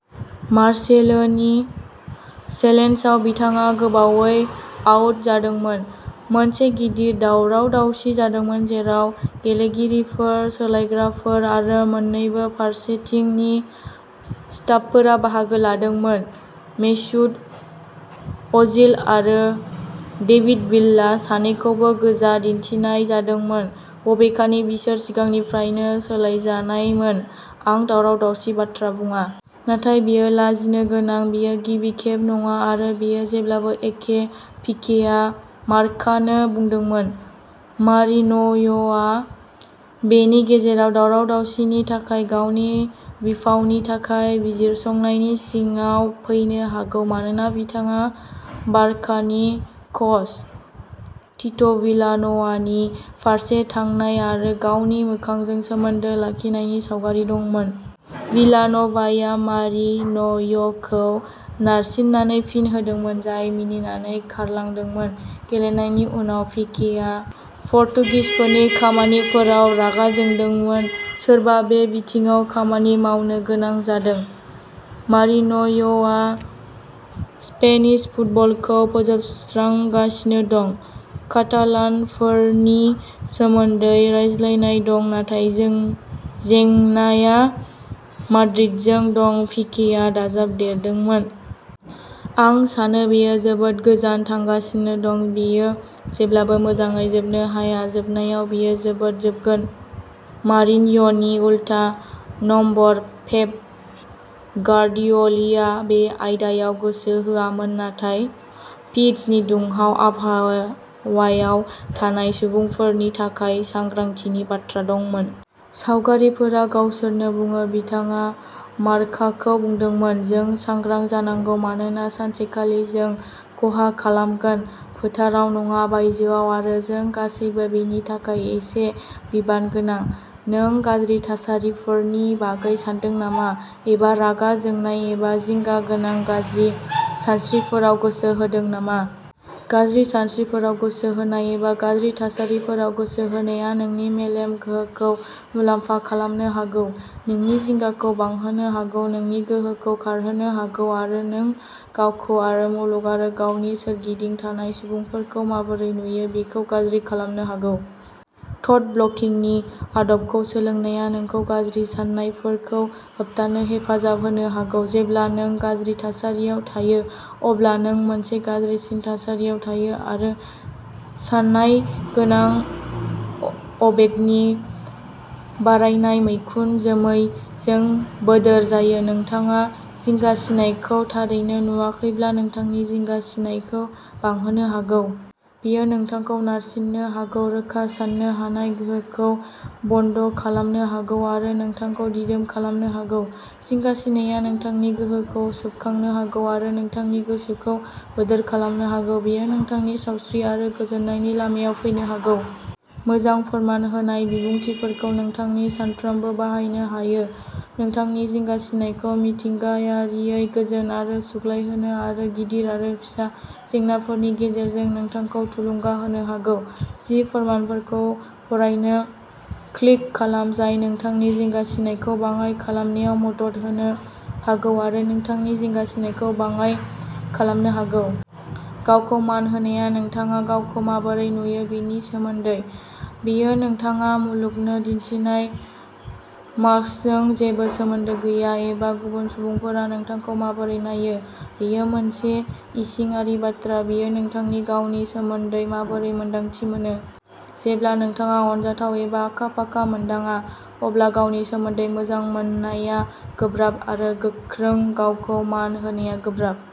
मार्सेलोनि चेलेन्जआव बिथाङा गोबावै आउट जादोंमोन। मोनसे गिदिर दावराव-दावसि जादोंमोन जेराव गेलेगिरिफोर, सोलायग्राफोर आरो मोननैबो फारसेथिंनि स्टाफफोरा बाहागो लादोंमोन मेसुत अजिल आरो डेभिड भिल्ला सानैखौबो गोजा दिन्थिनाय जादोंमोन बबेखानि बिसोर सिगांनिफ्रायनो सोलायजानायमोन। आं दावराव-दावसिनि बाथ्रा बुङा। नाथाय बेयो लाजिनोगोनां, बेयो गिबि खेब नङा आरो बेयो जेब्लाबो एखे पिकेआ मार्कानो बुंदोंमोन। मारिनय'आ बेनि गेजेराव दावराव-दावसिनि थाखाय गावनि बिफावनि थाखाय बिजिरसंनायनि सिङाव फैनो हागौ मानोना बिथाङा बारकानि कच टिट'विलान'वानि फारसे थांनाय आरो गावनि मोखांजों सोमोन्दो लाखिनायनि सावगारि दंमोन। विलान'भाया मारिनय'खौ नारसिन्नानै फिन होदोंमोन जाय मिनिनानै खारलांदोंमोन। गेलेनायनि उनाव पिकेआ पर्तुगिसफोरनि खामानिफोराव रागा जोंदोंमोन। सोरबा बे बिथिङाव खामानि मावनो गोनां जादों। मरिनय'आ स्पेनिश फुटबलखौ फोजोबस्रांगासिनो दं। कातालानफोरनि सोमोन्दै रायज्लायनाय दं नाथाय जों जेंनाआ माद्रिदजों दं पिकेआ दाजाबदेरदोंमोन। आं सानो बेयो जोबोद गोजान थांगासिनो दं। बेयो जेब्लाबो मोजाङै जोबनो हाया। जोबनायाव बेयो जोबोद जोबगोन। "मारिनय'नि उल्था नम्बर पेप गार्डिय'लिया बे आयदायाव गोसो होआमोन नाथाय पिच्चनि दुंहाव आबहावायाव थानाय सुबुंफोरनि थाखाय सांग्रांथिनि बाथ्रा दंमोन।" सावगारिफोरा गावसोरनो बुङो बिथाङा मार्काखौ बुंदोंमोन। "जों सांग्रां जानांगौ मानोना सानसेखालि जों खहा खालामगोन फोथाराव नङा बायजोयाव आरो जों गासैबो बेनि थाखाय एसे बिबान गोनां।" नों गाज्रि थासारिफोरनि बागै सानदों नामा? एबा रागा जोंनाय एबा जिंगा गोनां गाज्रि सानस्रिफोराव गोसो होदों नामा? गाज्रि सानस्रिफोराव गोसो होनाय एबा गाज्रि थासारिफोराव गोसो होनाया नोंनि मेलेम गोहोखौ मुलाम्फा खालामनो हागौ, नोंनि जिंगाखौ बांहोनो हागौ नोंनि गोहोखौ खारहोनो हागौ आरो नों गावखौ आरो मुलुग आरो गावनि सोरगिदिं थानाय सुबुंफोरखौ माबोरै नुयो बेखौ गाज्रि खालामनो हागौ। थ'ट ब्ल'किं नि आदबखौ सोलोंनाया नोंखौ गाज्रि साननायफोरखौ होबथानो हेफाजाब होनो हागौ। जेब्ला नों गाज्रि थासारियाव थायो अब्ला नों मोनसे गाज्रिसिन थासारियाव थायो आरो सानायगोनां अबेगनि बारायनाय मैखुन जोमैजों बोदोर जायो। नोंथाङा जिंगासिनायखौ थारैनो नुवाखैब्लाबो नोंथांनि जिंगासिनायखौ बांहोनो हागौ। बेयो नोंथांखौ नारसिननो हागौ रोखा सान्नो हानाय गोहोखौ बन्द'खालामनो हागौ आरो नोंथांखौ दिदोम खालामनो हागौ। जिंगासिनाया नोंथांनि गोहोखौ सोबखांनो हागौ आरो नोंथांनि गोसोखौ बोदोर खालामनो हागौ। बेयो नोंथांनि सावस्रि आरो गोजोननायनि लामायाव फैनो हागौ। मोजां फोरमान होनाय बिबुंथिफोरखौ नोंथांनि सानफ्रोमबो बाहायनो हायो नोंथांनि जिंगासिनायखौ मिथिंगायारियै गोजोन आरो सुग्लायहोनो आरो गिदिर आरो फिसा जेंनाफोरनि गेजेरजों नोंथांखौ थुलुंगा होनो हायो। जि फोरमानफोरखौ फरायनो क्लिक खालाम जाय नोंथांनि जिंगासिनायखौ बाङाय खालामनायाव मदद होनो हागौ आरो नोंथांनि जिंगासिनायखौ बाङाय खालामनो हागौ। गावखौ मान होनायआ नोंथाङा गावखौ माबोरै नुयो बेनि सोमोन्दै। बेयो नोंथाङा मुलुगनो दिन्थिग्रा मास्कजों जेबो सोमोन्दो गैया एबा गुबुन सुबुंफोरा नोंथांखौ माबोरै नायो। बेयो मोनसे इसिङारि बाथ्रा। बेयो नोंथांनि गावनि सोमोन्दै माबोरै मोन्दांथि मोनो। जेब्ला नोंथाङा अनजाथाव एबा आखा-फाखा मोनदाङा, अब्ला गावनि सोमोन्दै मोजां मोननाया गोब्राब आरो गोख्रों गावखौ मान होनाया गोब्राब।